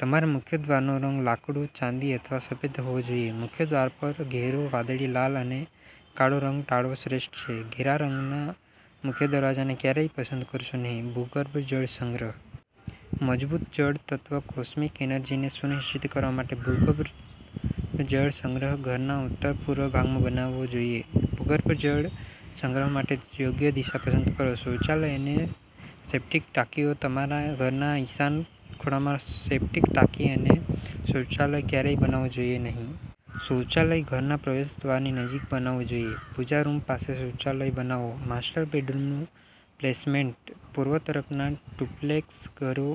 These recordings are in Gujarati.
તમારા મુખ્ય દ્વારનો રંગ લાકડું, ચાંદી અથવા સફેદ હોવો જોઈએ. મુખ્ય દ્વાર પર ઘેરો વાદળી, લાલ અને કાળો રંગ ટાળવો શ્રેષ્ઠ છે. ઘેરા રંગના મુખ્ય દરવાજાને ક્યારેય પસંદ કરશો નહીં. ભૂગર્ભ જળ સંગ્રહ. મજબૂત જળ તત્વ કોસ્મિક એનર્જીને સુનિશ્ચિત કરવા માટે, ભૂગર્ભ જળ સંગ્રહ ઘરના ઉત્તર પૂર્વ ભાગમાં બનાવવો જોઈએ. ભૂગર્ભ જળ સંગ્રહ માટે યોગ્ય દિશા પસંદ કરો. શૌચાલય અને સેપ્ટિક ટાંકીઓ. તમારા ઘરના ઈશાન ખૂણામાં સેપ્ટિક ટાંકી અને શૌચાલય ક્યારેય બનાવવું જોઈએ નહીં. શૌચાલય ઘરના પ્રવેશદ્વારની નજીક બનાવવું જોઈએ. પૂજા રૂમ પાસે શૌચાલય બનાવો. માસ્ટર બેડરૂમનું પ્લેસમેન્ટ. પૂર્વ તરફના ડુપ્લેક્સ ઘરો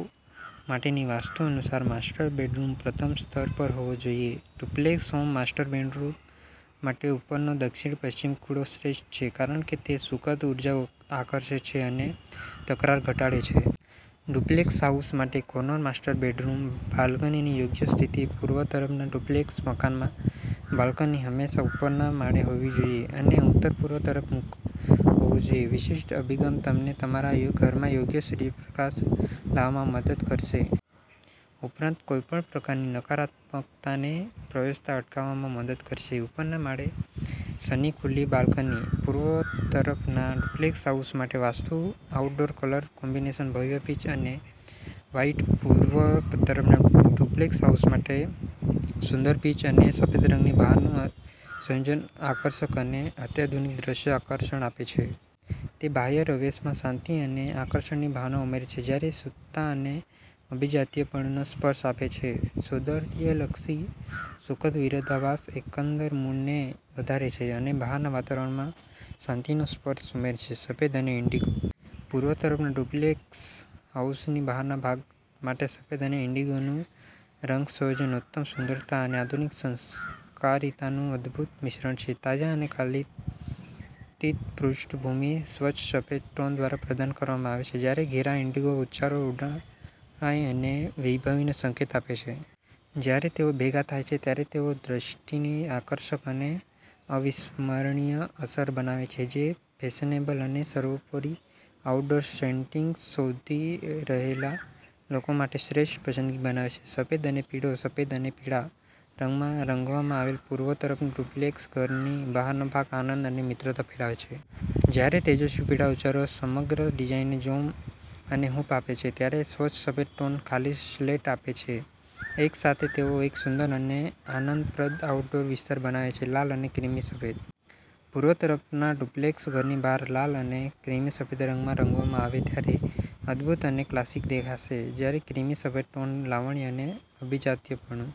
માટેની વાસ્તુ અનુસાર, માસ્ટર બેડરૂમ પ્રથમ સ્તર પર હોવો જોઈએ. ડુપ્લેક્સ હોમ માસ્ટર બેડરૂમ માટે ઉપરનો દક્ષિણપશ્ચિમ ખૂણો શ્રેષ્ઠ છે કારણ કે તે સુખદ ઊર્જા આકર્ષે છે અને તકરાર ઘટાડે છે. ડુપ્લેક્સ હાઉસ માટે કોર્નર માસ્ટર બેડરૂમ. બાલ્કનીની યોગ્ય સ્થિતિ. પૂર્વ તરફના ડુપ્લેક્સ મકાનમાં, બાલ્કની હંમેશા ઉપરના માળે હોવી જોઈએ અને ઉત્તરપૂર્વ તરફ મુખ હોવું જોઈએ. વિશિષ્ટ અભિગમ તમને તમારા ઘરમાં યોગ્ય સૂર્યપ્રકાશ લાવવામાં મદદ કરશે. ઉપરાંત, કોઈપણ પ્રકારની નકારાત્મકતાને પ્રવેશતા અટકાવવામાં મદદ કરશે. ઉપરના માળે સની ખુલ્લી બાલ્કની. પૂર્વ તરફના ડુપ્લેક્સ હાઉસ માટે વાસ્તુ આઉટડોર કલર કોમ્બિનેશન. ભવ્ય પીચ અને વ્હાઇટ. પૂર્વ તરફના ડુપ્લેક્સ હાઉસ માટે, સુંદર પીચ અને સફેદ રંગની બહારનું સંયોજન આકર્ષક અને અત્યાધુનિક દ્રશ્ય આકર્ષણ આપે છે. તે બાહ્ય રવેશમાં શાંતિ અને આકર્ષણની ભાવના ઉમેરે છે જ્યારે શુદ્ધતા અને અભિજાત્યપણુનો સ્પર્શ આપે છે. સૌંદર્યલક્ષી સુખદ વિરોધાભાસ એકંદર મૂડને વધારે છે અને બહારના વાતાવરણમાં શાંતિનો સ્પર્શ ઉમેરે છે. સફેદ અને ઈન્ડિગો. પૂર્વ તરફના ડુપ્લેક્સ હાઉસની બહારના ભાગ માટે સફેદ અને ઈન્ડિગોનું રંગ સંયોજન ઉત્તમ સુંદરતા અને આધુનિક સંસ્કારિતાનું અદ્ભુત મિશ્રણ છે. તાજા અને કાલાતીત પૃષ્ઠભૂમિ સ્વચ્છ સફેદ ટોન દ્વારા પ્રદાન કરવામાં આવે છે, જ્યારે ઘેરા ઈન્ડિગો ઉચ્ચારો ઊંડાઈ અને વૈભવીનો સંકેત આપે છે. જ્યારે તેઓ ભેગા થાય છે ત્યારે તેઓ દૃષ્ટિની આકર્ષક અને અવિસ્મરણીય અસર બનાવે છે, જે ફેશનેબલ અને સર્વોપરી આઉટડોર સેનટિંગ શોધી રહેલા લોકો માટે શ્રેષ્ઠ પસંદગી બનાવે છે. સફેદ અને પીળો. સફેદ અને પીળા રંગમાં રંગવામાં આવેલ પૂર્વ તરફનું ડુપ્લેક્સ ઘરની બહારનો ભાગ આનંદ અને મિત્રતા ફેલાવે છે. જ્યારે તેજસ્વી પીળા ઉચ્ચારો સમગ્ર ડિઝાઇનને જોમ અને હૂંફ આપે છે, ત્યારે સ્વચ્છ સફેદ ટોન ખાલી સ્લેટ આપે છે. એકસાથે, તેઓ એક સુંદર અને આનંદપ્રદ આઉટડોર વિસ્તાર બનાવે છે. લાલ અને ક્રીમી સફેદ. પૂર્વ તરફના ડુપ્લેક્સ ઘરની બહાર લાલ અને ક્રીમી સફેદ રંગમાં રંગવામાં આવે ત્યારે અદભૂત અને ક્લાસિક દેખાશે. જ્યારે ક્રીમી સફેદ ટોન લાવણ્ય અને અભિજાત્યપણુ